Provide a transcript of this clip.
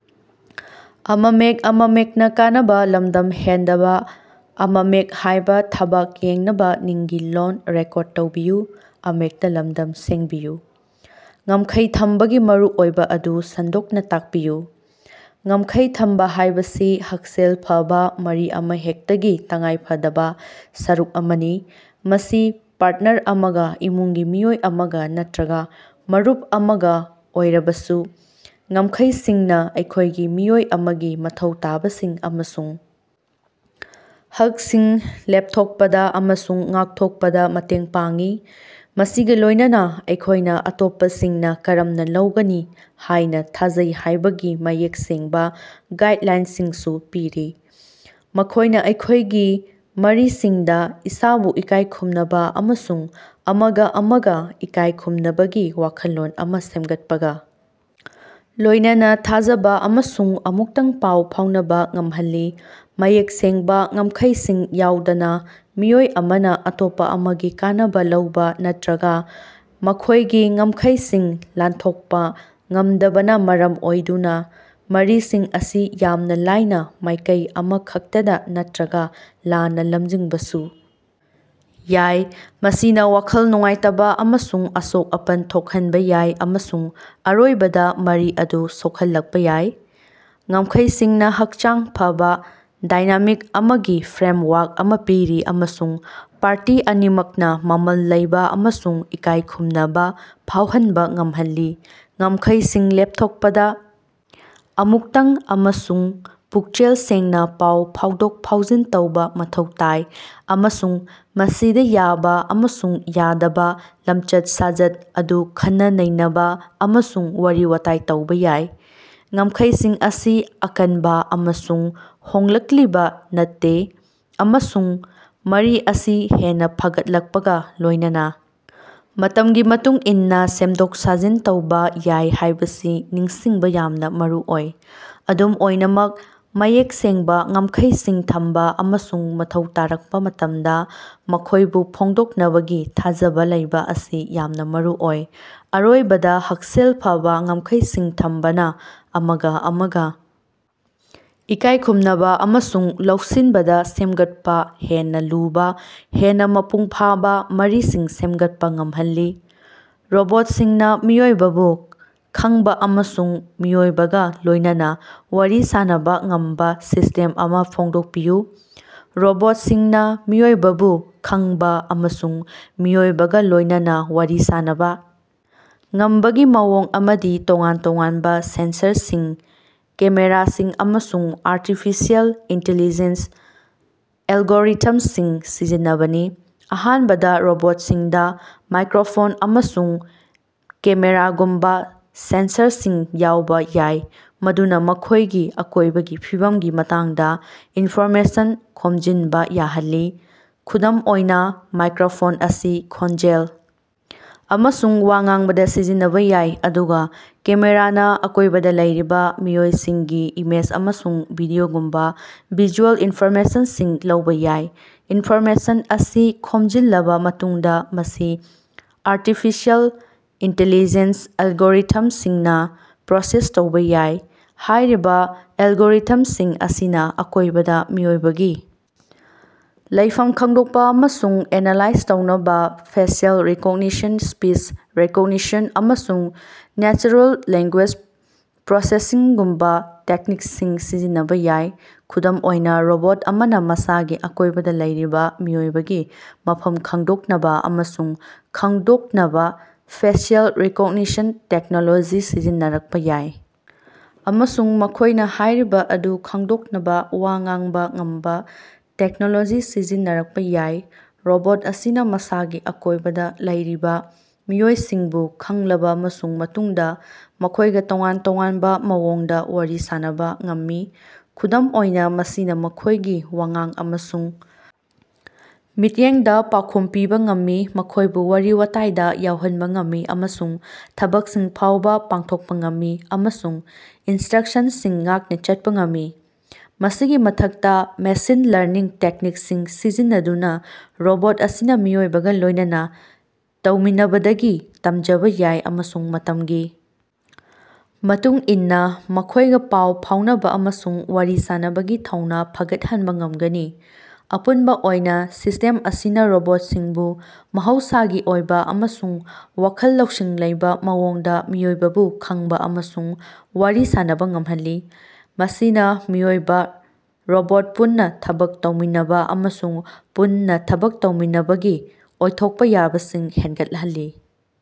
ꯉꯝꯈꯩ ꯊꯝꯕꯒꯤ ꯃꯔꯨꯑꯣꯏꯕꯥ ꯑꯗꯨ ꯁꯟꯗꯣꯛꯅꯥ ꯇꯥꯛꯄꯤꯌꯨ꯫ ꯉꯝꯈꯩ ꯊꯝꯕꯥ ꯍꯥꯏꯕꯁꯤ ꯍꯛꯁꯦꯜ ꯐꯕꯥ ꯃꯔꯤ ꯑꯃꯍꯦꯛꯇꯒꯤ ꯇꯉꯥꯏꯐꯗꯕꯥ ꯁꯔꯨꯛ ꯑꯃꯅꯤ, ꯃꯁꯤ ꯄꯥꯔꯠꯅꯔ ꯑꯃꯒꯥ, ꯏꯃꯨꯡꯒꯤ ꯃꯤꯑꯣꯏ ꯑꯃꯒꯥ ꯅꯠꯇ꯭ꯔꯒꯥ ꯃꯔꯨꯞ ꯑꯃꯒꯥ ꯑꯣꯏꯔꯕꯁꯨ꯫ ꯉꯝꯈꯩꯁꯤꯡꯅꯥ ꯑꯩꯈꯣꯏꯒꯤ ꯃꯤꯑꯣꯏ ꯑꯃꯒꯤ ꯃꯊꯧ ꯇꯥꯕꯁꯤꯡ ꯑꯃꯁꯨꯡ ꯍꯛꯁꯤꯡ ꯂꯦꯞꯊꯣꯛꯄꯗꯥ ꯑꯃꯁꯨꯡ ꯉꯥꯛꯊꯣꯛꯄꯗꯥ ꯃꯇꯦꯡ ꯄꯥꯡꯏ, ꯃꯁꯤꯒꯥ ꯂꯣꯏꯅꯅꯥ ꯑꯩꯈꯣꯏꯅꯥ ꯑꯇꯣꯞꯄꯁꯤꯡꯅꯥ ꯀꯔꯝꯅꯥ ꯂꯧꯒꯅꯤ ꯍꯥꯏꯅꯥ ꯊꯥꯖꯩ ꯍꯥꯏꯕꯒꯤ ꯃꯌꯦꯛ ꯁꯦꯡꯕꯥ ꯒꯥꯏꯗꯂꯥꯏꯟꯁꯤꯡꯁꯨ ꯄꯤꯔꯤ꯫ ꯃꯈꯣꯏꯅꯥ ꯑꯩꯈꯣꯏꯒꯤ ꯃꯔꯤꯁꯤꯡꯗꯥ ꯏꯁꯥꯕꯨ ꯏꯀꯥꯏ ꯈꯨꯝꯅꯕꯥ ꯑꯃꯁꯨꯡ ꯑꯃꯒꯥ ꯑꯃꯒꯥ ꯏꯀꯥꯏ ꯈꯨꯝꯅꯕꯒꯤ ꯋꯥꯈꯜꯂꯣꯟ ꯑꯃ ꯁꯦꯝꯒꯠꯄꯒꯥ ꯂꯣꯏꯅꯅꯥ ꯊꯥꯖꯕꯥ ꯑꯃꯁꯨꯡ ꯑꯃꯨꯛꯇꯪ ꯄꯥꯎ ꯐꯥꯎꯅꯕꯥ ꯉꯝꯍꯜꯂꯤ꯫ ꯃꯌꯦꯛ ꯁꯦꯡꯕꯥ ꯉꯝꯈꯩꯁꯤꯡ ꯌꯥꯎꯗꯅꯥ, ꯃꯤꯑꯣꯏ ꯑꯃꯅꯥ ꯑꯇꯣꯞꯄꯥ ꯑꯃꯒꯤ ꯀꯥꯟꯅꯕꯥ ꯂꯧꯕꯥ ꯅꯠꯇ꯭ꯔꯒꯥ ꯃꯈꯣꯏꯒꯤ ꯉꯝꯈꯩꯁꯤꯡ ꯂꯥꯟꯊꯣꯛꯄꯥ ꯉꯝꯗꯕꯅꯥ ꯃꯔꯝ ꯑꯣꯏꯗꯨꯅ ꯃꯔꯤꯁꯤꯡ ꯑꯁꯤ ꯌꯥꯝꯅ ꯂꯥꯏꯅ ꯃꯥꯏꯀꯩ ꯑꯃꯈꯛꯇꯗꯥ ꯅꯠꯇ꯭ꯔꯒꯥ ꯂꯥꯟꯅ ꯂꯝꯖꯤꯡꯕꯁꯨ ꯌꯥꯏ꯫ ꯃꯁꯤꯅ ꯋꯥꯈꯜ ꯅꯨꯡꯉꯥꯏꯇꯕꯥ ꯑꯃꯁꯨꯡ ꯑꯁꯣꯛ-ꯑꯄꯟ ꯊꯣꯛꯍꯟꯕꯥ ꯌꯥꯏ, ꯑꯃꯁꯨꯡ ꯑꯔꯣꯏꯕꯗꯥ ꯃꯔꯤ ꯑꯗꯨ ꯁꯣꯛꯍꯜꯂꯛꯄꯥ ꯌꯥꯏ꯫ ꯉꯝꯈꯩꯁꯤꯡꯅꯥ ꯍꯛꯆꯥꯡ ꯐꯕꯥ ꯗꯥꯏꯅꯥꯃꯤꯛ ꯑꯃꯒꯤ ꯐ꯭ꯔꯦꯝꯋꯥꯔꯛ ꯑꯃ ꯄꯤꯔꯤ ꯑꯃꯁꯨꯡ ꯄꯥꯔꯇꯤ ꯑꯅꯤꯃꯛꯅꯥ ꯃꯃꯜ ꯂꯩꯕ ꯑꯃꯁꯨꯡ ꯏꯀꯥꯏꯈꯨꯝꯅꯕꯥ ꯐꯥꯎꯍꯟꯕꯥ ꯉꯝꯍꯜꯂꯤ꯫ ꯉꯝꯈꯩꯁꯤꯡ ꯂꯦꯞꯊꯣꯛꯄꯗꯥ ꯑꯃꯨꯛꯇꯪ ꯑꯃꯁꯨꯡ ꯄꯨꯛꯆꯦꯜ ꯁꯦꯡꯅꯥ ꯄꯥꯎ ꯐꯥꯎꯗꯣꯛ-ꯐꯥꯎꯖꯤꯟ ꯇꯧꯕ ꯃꯊꯧ ꯇꯥꯏ, ꯑꯃꯁꯨꯡ ꯃꯁꯤꯗꯥ ꯌꯥꯕ ꯑꯃꯁꯨꯡ ꯌꯥꯗꯕꯥ ꯂꯝꯆꯠ-ꯁꯥꯖꯠ ꯑꯗꯨ ꯈꯟꯅ-ꯅꯩꯅꯕꯥ ꯑꯃꯁꯨꯡ ꯋꯥꯔꯤ-ꯋꯥꯇꯥꯏ ꯇꯧꯕꯥ ꯌꯥꯏ꯫ ꯉꯝꯈꯩꯁꯤꯡ ꯑꯁꯤ ꯑꯀꯟꯕꯥ ꯑꯃꯁꯨꯡ ꯍꯣꯡꯂꯛꯂꯤꯕꯥ ꯅꯠꯇꯦ, ꯑꯃꯁꯨꯡ ꯃꯔꯤ ꯑꯁꯤ ꯍꯦꯟꯅꯥ ꯐꯒꯠꯂꯛꯄꯒꯥ ꯂꯣꯏꯅꯅꯥ ꯃꯇꯝꯒꯤ ꯃꯇꯨꯡꯏꯟꯅꯥ ꯁꯦꯝꯗꯣꯛ-ꯁꯥꯖꯤꯟ ꯇꯧꯕ ꯌꯥꯏ ꯍꯥꯏꯕꯁꯤ ꯅꯤꯡꯁꯤꯡꯕꯥ ꯌꯥꯝꯅ ꯃꯔꯨꯑꯣꯏ꯫ ꯑꯗꯨꯝ ꯑꯣꯏꯅꯃꯛ, ꯃꯌꯦꯛ ꯁꯦꯡꯕꯥ ꯉꯝꯈꯩꯁꯤꯡ ꯊꯝꯕꯥ ꯑꯃꯁꯨꯡ ꯃꯊꯧ ꯇꯥꯔꯛꯄꯥ ꯃꯇꯝꯗꯥ ꯃꯈꯣꯏꯕꯨ ꯐꯣꯡꯗꯣꯛꯅꯕꯒꯤ ꯊꯥꯖꯕꯥ ꯂꯩꯕꯥ ꯑꯁꯤ ꯌꯥꯝꯅ ꯃꯔꯨꯑꯣꯏ꯫ ꯑꯔꯣꯏꯕꯗꯥ, ꯍꯛꯁꯦꯜ ꯐꯕꯥ ꯉꯝꯈꯩꯁꯤꯡ ꯊꯝꯕꯅꯥ ꯑꯃꯒꯥ ꯑꯃꯒꯥ ꯏꯀꯥꯏ ꯈꯨꯝꯅꯕꯥ ꯑꯃꯁꯨꯡ ꯂꯧꯁꯤꯟꯕꯗꯥ ꯁꯦꯝꯒꯠꯄꯥ ꯍꯦꯟꯅꯥ ꯂꯨꯕꯥ, ꯍꯦꯟꯅꯥ ꯃꯄꯨꯡ ꯐꯥꯕꯥ ꯃꯔꯤꯁꯤꯡ ꯁꯦꯝꯒꯠꯄꯥ ꯉꯝꯍꯜꯂꯤ꯫ ꯔꯣꯕꯣꯠꯁꯤꯡꯅꯥ ꯃꯤꯑꯣꯏꯕꯕꯨ ꯈꯪꯕꯥ ꯑꯃꯁꯨꯡ ꯃꯤꯑꯣꯏꯕꯒꯥ ꯂꯣꯏꯅꯅꯥ ꯋꯥꯔꯤ ꯁꯥꯟꯅꯕꯥ ꯉꯝꯕꯥ ꯁꯤꯁꯇꯦꯝ ꯑꯃ ꯐꯣꯡꯗꯣꯛꯄꯤꯌꯨ꯫ ꯔꯣꯕꯣꯠꯁꯤꯡꯅꯥ ꯃꯤꯑꯣꯏꯕꯕꯨ ꯈꯪꯕꯥ ꯑꯃꯁꯨꯡ ꯃꯤꯑꯣꯏꯕꯒꯥ ꯂꯣꯏꯅꯅꯥ ꯋꯥꯔꯤ ꯁꯥꯟꯅꯕꯥ ꯉꯝꯕꯒꯤ ꯃꯑꯣꯡ ꯑꯃꯗꯤ ꯇꯣꯉꯥꯟ ꯇꯣꯉꯥꯟꯕꯥ ꯁꯦꯟꯁꯔꯁꯤꯡ, ꯀꯦꯃꯦꯔꯥꯁꯤꯡ ꯑꯃꯁꯨꯡ ꯑꯥꯔꯇꯤꯐꯤꯁꯤꯑꯦꯜ ꯏꯟꯇꯤꯂꯤꯖꯦꯟꯁ ꯑꯦꯜꯒꯣꯔꯤꯊꯝꯁꯤꯡ ꯁꯤꯖꯤꯟꯅꯕꯅꯤ꯫ ꯑꯍꯥꯟꯕꯗꯥ, ꯔꯣꯕꯣꯠꯁꯤꯡꯗꯥ ꯃꯥꯏꯀ꯭ꯔꯣꯐꯣꯟ ꯑꯃꯁꯨꯡ ꯀꯦꯃꯦꯔꯥꯒꯨꯝꯕꯥ ꯁꯦꯟꯁꯔꯁꯤꯡ ꯌꯥꯎꯕ ꯌꯥꯏ ꯃꯗꯨꯅꯥ ꯃꯈꯣꯏꯒꯤ ꯑꯀꯣꯏꯕꯒꯤ ꯐꯤꯚꯝꯒꯤ ꯃꯇꯥꯡꯗ ꯏꯟꯐꯣꯔꯃꯦꯁꯟ ꯈꯣꯝꯖꯤꯟꯕꯥ ꯌꯥꯍꯜꯂꯤ꯫ ꯈꯨꯗꯝ ꯑꯣꯏꯅ, ꯃꯥꯏꯀ꯭ꯔꯣꯐꯣꯟ ꯑꯁꯤ ꯈꯣꯟꯖꯦꯜ ꯑꯃꯁꯨꯡ ꯋꯥ ꯉꯥꯡꯕꯗꯥ ꯁꯤꯖꯤꯟꯅꯕꯥ ꯌꯥꯏ, ꯑꯗꯨꯒꯥ ꯀꯦꯃꯦꯔꯥꯅꯥ ꯑꯀꯣꯏꯕꯗꯥ ꯂꯩꯔꯤꯕꯥ ꯃꯤꯑꯣꯏꯁꯤꯡꯒꯤ ꯏꯃꯦꯖ ꯑꯃꯁꯨꯡ ꯚꯤꯗꯤꯑꯣꯒꯨꯝꯕꯥ ꯚꯤꯖꯨꯑꯦꯜ ꯏꯟꯐꯣꯔꯃꯦꯁꯟꯁꯤꯡ ꯂꯧꯕꯥ ꯌꯥꯏ꯫ ꯏꯟꯐꯣꯔꯃꯦꯁꯟ ꯑꯁꯤ ꯈꯣꯝꯖꯤꯜꯂꯕꯥ ꯃꯇꯨꯡꯗꯥ, ꯃꯁꯤ ꯑꯥꯔꯇꯤꯐꯤꯁꯤꯑꯦꯜ ꯏꯟꯇꯤꯂꯤꯖꯦꯟꯁ ꯑꯦꯜꯒꯣꯔꯤꯊꯝꯁꯤꯡꯅꯥ ꯄ꯭ꯔꯣꯁꯦꯁ ꯇꯧꯕ ꯌꯥꯏ꯫ ꯍꯥꯏꯔꯤꯕꯥ ꯑꯦꯜꯒꯣꯔꯤꯊꯝꯁꯤꯡ ꯑꯁꯤꯅ ꯑꯀꯣꯏꯕꯗꯥ ꯃꯤꯑꯣꯏꯕꯒꯤ ꯂꯩꯐꯝ ꯈꯪꯗꯣꯛꯄꯥ ꯑꯃꯁꯨꯡ ꯑꯦꯅꯥꯂꯥꯏꯖ ꯇꯧꯅꯕꯥ ꯐꯦꯁꯤꯑꯦꯜ ꯔꯤꯀꯣꯛꯅꯤꯁꯟ, ꯁ꯭ꯄꯤꯆ ꯔꯤꯀꯣꯒꯅꯤꯁꯟ, ꯑꯃꯁꯨꯡ ꯅꯦꯆꯔꯦꯜ ꯂꯦꯡꯒꯨꯌꯦꯖ ꯄ꯭ꯔꯣꯁꯦꯁꯤꯡꯒꯨꯝꯕꯥ ꯇꯦꯛꯅꯤꯛꯁꯤꯡ ꯁꯤꯖꯤꯟꯅꯕꯥ ꯌꯥꯏ꯫ ꯈꯨꯗꯝ ꯑꯣꯏꯅ, ꯔꯣꯕꯣꯠ ꯑꯃꯅꯥ ꯃꯁꯥꯒꯤ ꯑꯀꯣꯏꯕꯗꯥ ꯂꯩꯔꯤꯕꯥ ꯃꯤꯑꯣꯏꯕꯒꯤ ꯃꯐꯝ ꯈꯪꯗꯣꯛꯅꯕꯥ ꯑꯃꯁꯨꯡ ꯈꯪꯗꯣꯛꯅꯕꯥ ꯐꯦꯁꯤꯑꯦꯜ ꯔꯤꯀꯛꯅꯤꯁꯟ ꯇꯦꯛꯅꯣꯂꯣꯖꯤ ꯁꯤꯖꯤꯟꯅꯔꯛꯄꯥ ꯌꯥꯏ, ꯑꯃꯁꯨꯡ ꯃꯈꯣꯏꯅꯥ ꯍꯥꯏꯔꯤꯕ ꯑꯗꯨ ꯈꯪꯗꯣꯛꯅꯕꯥ ꯋꯥ ꯉꯥꯡꯕꯥ ꯉꯝꯕꯥ ꯇꯦꯛꯅꯣꯂꯣꯖꯤ ꯁꯤꯖꯤꯟꯅꯔꯛꯄꯥ ꯌꯥꯏ꯫ ꯔꯣꯕꯣꯠ ꯑꯁꯤꯅ ꯃꯁꯥꯒꯤ ꯑꯀꯣꯏꯕꯗꯥ ꯂꯩꯔꯤꯕꯥ ꯃꯤꯑꯣꯏꯕꯁꯤꯡꯕꯨ ꯈꯪꯂꯕꯥ ꯑꯃꯁꯨꯡ ꯃꯇꯨꯡꯗꯥ ꯃꯈꯣꯏꯒꯥ ꯇꯣꯉꯥꯟ ꯇꯣꯉꯥꯟꯕꯥ ꯃꯑꯣꯡꯗꯥ ꯋꯥꯔꯤ ꯁꯥꯟꯅꯕꯥ ꯉꯝꯃꯤ꯫ ꯈꯨꯗꯝ ꯑꯣꯏꯅ, ꯃꯁꯤꯅ ꯃꯈꯣꯏꯒꯤ ꯋꯥꯉꯥꯡ ꯑꯃꯁꯨꯡ ꯃꯤꯠꯌꯦꯡꯗꯥ ꯄꯥꯎꯈꯨꯝ ꯄꯤꯕꯥ ꯉꯝꯃꯤ, ꯃꯈꯣꯏꯕꯨ ꯋꯥꯔꯤ-ꯋꯥꯇꯥꯏꯗꯥ ꯌꯥꯎꯍꯟꯕ ꯉꯝꯃꯤ, ꯑꯃꯁꯨꯡ ꯊꯕꯛꯁꯤꯡ ꯐꯥꯎꯕꯥ ꯄꯥꯡꯊꯣꯛꯄꯥ ꯉꯝꯃꯤ ꯑꯃꯁꯨꯡ ꯏꯟꯁꯇ꯭ꯔꯛꯁꯟꯁꯤꯡ ꯉꯥꯛꯅꯥ ꯆꯠꯄꯥ ꯉꯝꯃꯤ꯫ ꯃꯁꯤꯒꯤ ꯃꯊꯛꯇꯥ, ꯃꯦꯁꯤꯟ ꯂꯔꯅꯤꯡ ꯇꯦꯛꯅꯤꯛꯁꯤꯡ ꯁꯤꯖꯤꯟꯅꯗꯨꯅꯥ ꯔꯣꯕꯣꯠ ꯑꯁꯤꯅ ꯃꯤꯑꯣꯏꯕꯒꯥ ꯂꯣꯏꯅꯅꯥ ꯇꯧꯃꯤꯟꯅꯕꯗꯒꯤ ꯇꯝꯖꯕꯥ ꯌꯥꯏ ꯑꯃꯁꯨꯡ ꯃꯇꯝꯒꯤ ꯃꯇꯨꯡ ꯏꯟꯅꯥ ꯃꯈꯣꯏꯒꯥ ꯄꯥꯎ ꯐꯥꯎꯅꯕꯥ ꯑꯃꯁꯨꯡ ꯋꯥꯔꯤ ꯁꯥꯟꯅꯕꯒꯤ ꯊꯧꯅꯥ ꯐꯒꯠꯍꯟꯕꯥ ꯉꯝꯒꯅꯤ꯫ ꯑꯄꯨꯟꯕꯥ ꯑꯣꯏꯅ, ꯁꯤꯁꯇꯦꯝ ꯑꯁꯤꯅ ꯔꯣꯕꯣꯠꯁꯤꯡꯕꯨ ꯃꯍꯧꯁꯥꯒꯤ ꯑꯣꯏꯕ ꯑꯃꯁꯨꯡ ꯋꯥꯈꯜ ꯂꯧꯁꯤꯡ ꯂꯩꯕꯥ ꯃꯑꯣꯡꯗꯥ ꯃꯤꯑꯣꯏꯕꯕꯨ ꯈꯪꯕꯥ ꯑꯃꯁꯨꯡ ꯋꯥꯔꯤ ꯁꯥꯟꯅꯕꯥ ꯉꯝꯍꯜꯂꯤ, ꯃꯁꯤꯅ ꯃꯤꯑꯣꯏꯕ-ꯔꯣꯕꯣꯠ ꯄꯨꯟꯅꯥ ꯊꯕꯛ ꯇꯧꯃꯤꯟꯅꯕꯥ ꯑꯃꯁꯨꯡ ꯄꯨꯟꯅꯥ ꯊꯕꯛ ꯇꯧꯃꯤꯟꯅꯕꯒꯤ ꯑꯣꯏꯊꯣꯛꯄꯥ ꯌꯥꯕꯁꯤꯡ ꯍꯦꯟꯒꯠꯍꯜꯂꯤ꯫